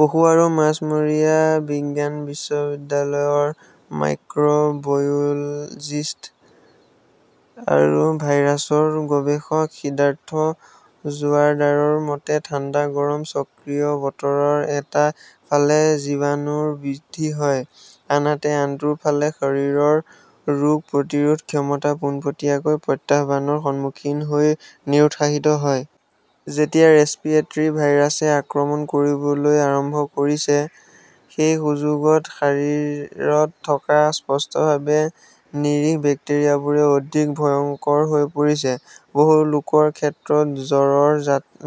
পশু আৰু মাছমৰীয়া বিজ্ঞান বিশ্ববিদ্যালয়ৰ মাইক্ৰ'বয়োলজিষ্ট আৰু ভাইৰাছৰ গৱেষক সিদ্ধাৰ্থ জোৱাৰদাৰৰ মতে, ঠাণ্ডা-গৰম চক্ৰীয় বতৰৰ এটা ফালে জীৱাণুৰ বৃদ্ধি হয়, আনহাতে আনটো ফালে শৰীৰৰ ৰোগ প্ৰতিৰোধ ক্ষমতা পোনপটীয়াকৈ প্ৰত্যাহ্বানৰ সন্মুখীন হৈ নিৰুৎসাহিত হয়। যেতিয়া ৰেস্পিয়েট্ৰী ভাইৰাছে আক্ৰমণ কৰিবলৈ আৰম্ভ কৰিছে, সেই সুযোগত শাৰীৰত থকা স্পষ্টভাৱে নিৰীহ বেক্টেৰিয়াবোৰো অধিক ভয়ংকৰ হৈ পৰিছে। বহু লোকৰ ক্ষেত্ৰত জ্বৰৰ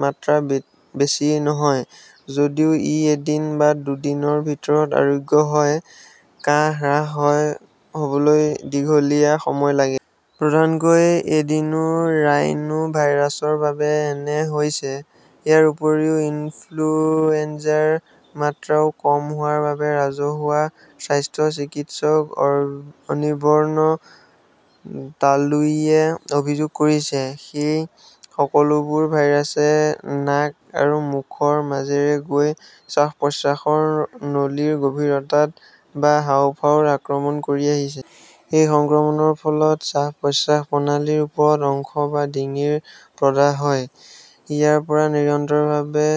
মাত্ৰা বেছি নহয়। যদিও ই এদিন বা দুদিনৰ ভিতৰত আৰোগ্য হয়, কাহ হ্ৰাস হ 'বলৈ দীঘলীয়া সময় লাগে। প্ৰধানকৈ এডিনো, ৰাইনো ভাইৰাছৰ বাবে এনে হৈছে। ইয়াৰ উপৰিও, ইনফ্লুৱেঞ্জাৰ মাত্ৰাও কম হোৱাৰ বাবে ৰাজহুৱা স্বাস্থ্যৰ চিকিৎসক অনিবৰ্ণ দালুইয়ে অভিযোগ কৰিছে। সেই সকলোবোৰ ভাইৰাছে নাক আৰু মুখৰ মাজেৰে গৈ শ্বাস-প্ৰশ্বাসৰ নলীৰ গভীৰতাত বা হাঁওফাঁওত আক্ৰমণ কৰি আহিছে। এই সংক্ৰমণৰ ফলত শ্বাস-প্ৰশ্বাস প্ৰণালীৰ ওপৰৰ অংশ বা ডিঙিৰ প্ৰদাহ হয়। ইয়াৰ পৰা নিৰন্তৰভাৱে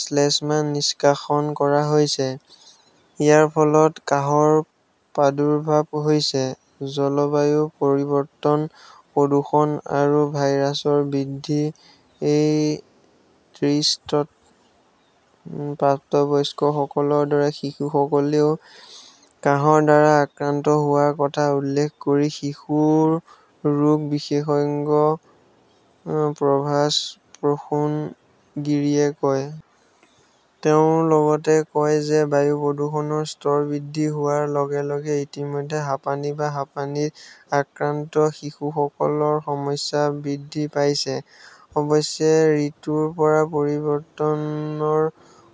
শ্লেষ্মা নিষ্কাশন কৰা হৈছে। ইয়াৰ ফলত কাহৰ প্ৰাদুৰ্ভাৱ হৈছে। জলবায়ু পৰিৱৰ্তন, প্ৰদূষণ আৰু ভাইৰাছৰ বৃদ্ধি এই ত্ৰিশত্ৰত, প্ৰাপ্তবয়স্কসকলৰ দৰে শিশুসকলেও কাহৰ দ্বাৰা আক্ৰান্ত হোৱাৰ কথা উল্লেখ কৰি শিশু ৰোগ বিশেষজ্ঞ প্ৰভাছপ্ৰসূণ গীৰীয়ে কয়। তেওঁ লগতে কয় যে বায়ু প্ৰদূষণৰ স্তৰ বৃদ্ধি হোৱাৰ লগে লগে ইতিমধ্যে হাঁপানি বা হাঁপানীত আক্ৰান্ত শিশুসকলৰ সমস্যা বৃদ্ধি পাইছে। অৱশ্যে, ঋতুৰ এই পৰিৱৰ্তনৰ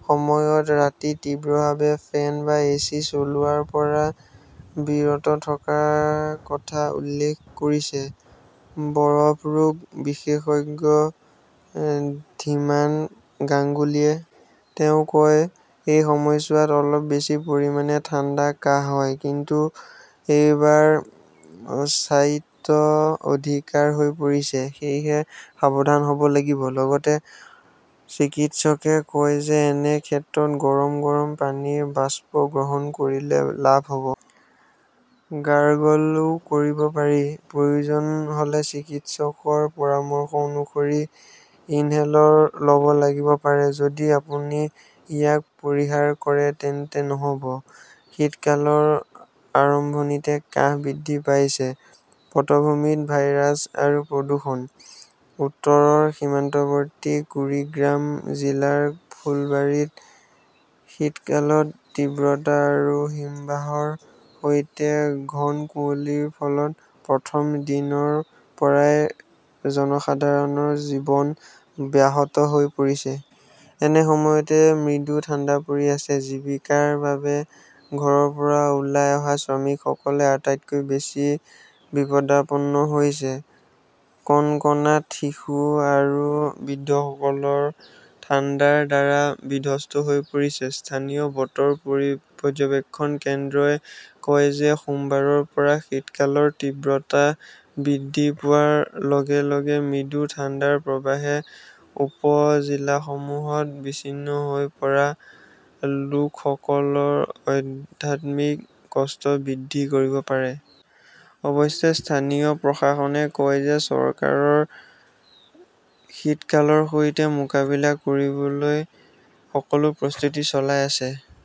সময়ত ৰাতি তীব্ৰভাৱে ফেন বা এচি চলোৱাৰ পৰা বিৰত থকাৰ কথা উল্লেখ কৰিছে বৰফৰোগ বিশেষজ্ঞ ধীমান গাংগুলীয়ে। তেওঁ কয়, এই সময়ছোৱাত অলপ বেছি পৰিমাণে ঠাণ্ডা, কাহ হয়। কিন্তু এইবাৰ স্থায়িত্ব অধিকাৰ হৈ পৰিছে। সেয়েহে সাৱধান হ'ব লাগিব। লগতে, চিকিৎসকে কয় যে এনে ক্ষেত্ৰত গৰম গৰম পানীৰ বাষ্প গ্ৰহণ কৰিলে লাভ হ'ব। গাৰ্গলও কৰিব পাৰি। প্ৰয়োজন হʼলে চিকিৎসকৰ পৰামৰ্শ অনুসৰি ইনহেলৰ লʼব লাগিব পাৰে। যদি আপুনি ইয়াক পৰিহাৰ কৰে তেন্তে নহ 'ব। শীতকালৰ আৰম্ভণিতে কাহ বৃদ্ধি পাইছে, পটভূমিত ভাইৰাছ আৰু প্ৰদূষণ। উত্তৰৰ সীমান্তৱৰ্তী কুৰিগ্ৰাম জিলাৰ ফুলবাৰীত শীতকালৰ তীব্ৰতা আৰু হিমবাহৰ সৈতে ঘন কুঁৱলীৰ ফলত প্ৰথম দিনৰ পৰাই জনসাধাৰণৰ জীৱন ব্যাহত হৈ পৰিছে। এনে সময়তে মৃদু ঠাণ্ডা পৰি আছে। জীৱিকাৰ বাবে ঘৰৰ পৰা ওলাই অহা শ্ৰমিকসকলে আটাইতকৈ বেছি বিপদাপন্ন হৈছে। কনকনাত শিশু আৰু বৃদ্ধসকলৰ ঠাণ্ডাৰ দ্বাৰা বিধ্বস্ত হৈ পৰিছে। স্থানীয় বতৰ পৰ্যবেক্ষণ কেন্দ্ৰই কয় যে সোমবাৰৰ পৰা শীতকালৰ তীব্ৰতা বৃদ্ধি পোৱাৰ লগে লগে মৃদু ঠাণ্ডাৰ প্ৰৱাহে উপ-জিলাসমূহত বিচ্ছিন্ন হৈ পৰা লোকসকলৰ অধাত্মিক কষ্ট বৃদ্ধি কৰিব পাৰে। অৱশ্যে, স্থানীয় প্ৰশাসনে কয় যে চৰকাৰৰ শীতকালৰ সৈতে মোকাবিলা কৰিবলৈ সকলো প্ৰস্তুতি চলাই আছে।